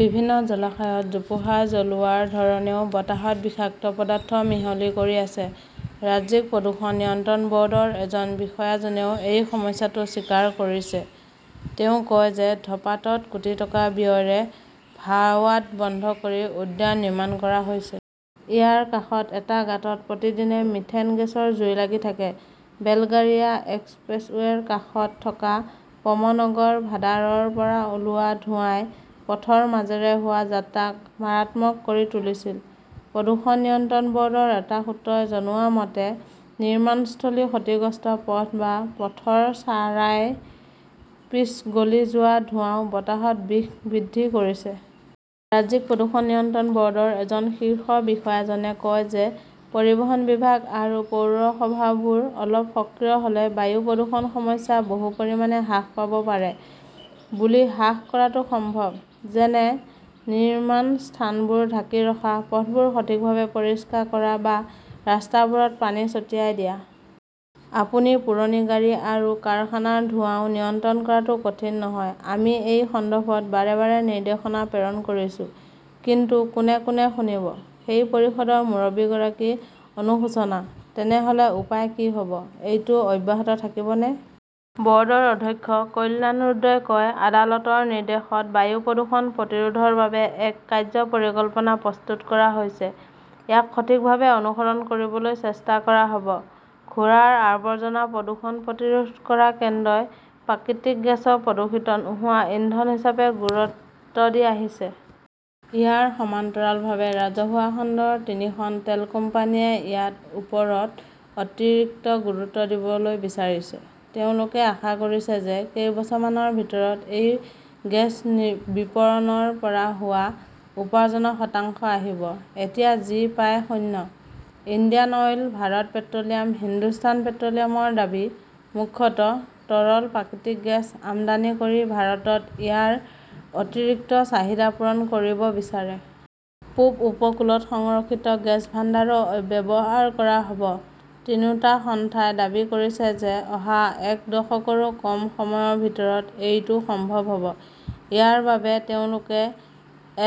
বিভিন্ন জলাশয়ত জোপোহা জ্বলোৱাৰ ধৰণেও বতাহত বিষাক্ত পদাৰ্থ মিহলি কৰি আছে। ৰাজ্যিক প্ৰদূষণ নিয়ন্ত্ৰণ বৰ্ডৰ এজন বিষয়াজনেও এই সমস্যাটো স্বীকাৰ কৰিছে। তেওঁ কয় যে ধপাতাত কোটি টকা ব্যয়েৰে ভাৱাড বন্ধ কৰি উদ্যান নিৰ্মাণ কৰা হৈছে। ইয়াৰ কাষৰ এটা গাঁতত প্ৰতিদিনে মিথেন গেছৰ জুই লাগি থাকে। বেলগাৰিয়া এক্সপ্ৰেছৱে 'ৰ কাষত থকা প্ৰমনগৰ ভাদাৰৰ পৰা ওলোৱা ধোঁৱাই পথৰ মাজেৰে হোৱা যাত্ৰাক মাৰাত্মক কৰি তুলিছিল। প্ৰদূষণ নিয়ন্ত্ৰণ বৰ্ডৰ এটা সূত্ৰই জনোৱা মতে, নিৰ্মাণস্থলী, ক্ষতিগ্ৰস্ত পথ বা পথৰ চাৰাইৰ পিচ গলি যোৱা ধোঁৱাও বতাহত বিষ বৃদ্ধি কৰিছে। ৰাজ্যিক প্ৰদূষণ নিয়ন্ত্ৰণ বৰ্ডৰ এজন শীৰ্ষ বিষয়াজনে কয় যে পৰিবহণ বিভাগ আৰু পৌৰসভাবোৰ অলপ সক্ৰিয় হলে বায়ু প্ৰদূষণৰ সমস্যা বহু পৰিমাণে হ্ৰাস হব পাৰে। ধুলি হ্ৰাস কৰাটো সম্ভৱ, যেনে নিৰ্মাণ স্থানবোৰ ঢাকি ৰখা, পথবোৰ সঠিকভাৱে পৰিষ্কাৰ কৰা বা ৰাস্তাবোৰত পানী ছটিয়াই দিয়া। আনকি পুৰণি গাড়ী আৰু কাৰখানাৰ ধোঁৱাও নিয়ন্ত্ৰণ কৰাটো কঠিন নহয়। আমি এই সন্দৰ্ভত বাৰে বাৰে নিৰ্দেশনা প্ৰেৰণ কৰিছো। কিন্তু কোনে কোনে শুনিব, সেই পৰিষদৰ মুৰব্বীগৰাকীৰ অনুশোচনা। তেনেহলে উপায় কি হব? এইটো অব্যাহত থাকিবনে? বৰ্ডৰ অধ্যক্ষ কল্যাণ ৰুদ্ৰই কয়, আদালতৰ নিৰ্দেশত বায়ু প্ৰদূষণ প্ৰতিৰোধৰ বাবে এক কাৰ্য্য পৰিকল্পনা প্ৰস্তুত কৰা হৈছে। ইয়াক সঠিকভাৱে অনুসৰণ কৰিবলৈ চেষ্টা কৰা হব। ঘোঁৰাৰ আৱৰ্জনাৰ প্ৰদূষণ প্ৰতিৰোধ কৰা কেন্দ্ৰই প্ৰাকৃতিক গেছক প্ৰদূষিত নোহোৱা ইন্ধন হিচাপে গুৰুত্ব দি আহিছে। ইয়াৰ সমান্তৰালভাৱে ৰাজহুৱা খণ্ডৰ তিনিখন তেল কোম্পানীয়ে ইয়াৰ ওপৰত অতিৰিক্ত গুৰুত্ব দিবলৈ বিচাৰিছে। তেওঁলোকে আশা কৰিছে যে কেইবছৰমানৰ ভিতৰতে এই গেছ বিপণনৰ পৰা হোৱা উপাৰ্জনৰ শতাংশ আহিব। এতিয়া যি প্ৰায় শূন্য। Indian Oil, Bharat Petroleum, Hindustan পেট্ৰলিয়ামৰ দাবী, মুখ্যতঃ তৰল প্ৰাকৃতিক গেছ আমদানি কৰি ভাৰতত ইয়াৰ অতিৰিক্ত চাহিদা পূৰণ কৰিব বিচাৰে। পূব উপকূলত সংৰক্ষিত গেছ ভাণ্ডাৰো ব্যৱহাৰ কৰা হব। তিনিওটা সংস্থাই দাবী কৰিছে যে অহা এক দশকৰো কম সময়ৰ ভিতৰত এইটো সম্ভৱ হব। ইয়াৰ বাবে তেওঁলোকে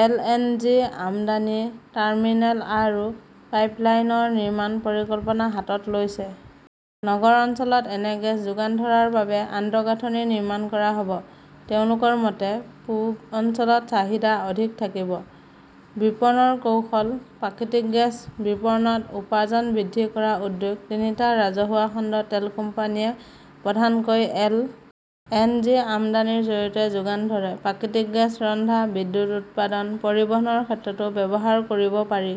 এলএনজি আমদানি টাৰ্মিনেল আৰু পাইপলাইন নিৰ্মাণৰ পৰিকল্পনা হাতত লৈছে। নগৰ অঞ্চলত এনে গেছ যোগান ধৰাৰ বাবে আন্তঃগাঁথনি নিৰ্মাণ কৰা হব। তেওঁলোকৰ মতে, পূব অঞ্চলত চাহিদা অধিক থাকিব। বিপণন কৌশল; প্ৰাকৃতিক গেছ বিপণনত উপাৰ্জন বৃদ্ধি কৰাৰ উদ্যোগ তিনিটা ৰাজহুৱা খণ্ডৰ তেল কোম্পানীয়ে প্ৰধানকৈ এল. এন. জি. আমদানিৰ জৰিয়তে যোগান ধৰে। প্ৰাকৃতিক গেছ ৰন্ধা, বিদ্যুৎ উৎপাদন, পৰিবহণৰ ক্ষেত্ৰতো ব্যৱহাৰ কৰিব পাৰি।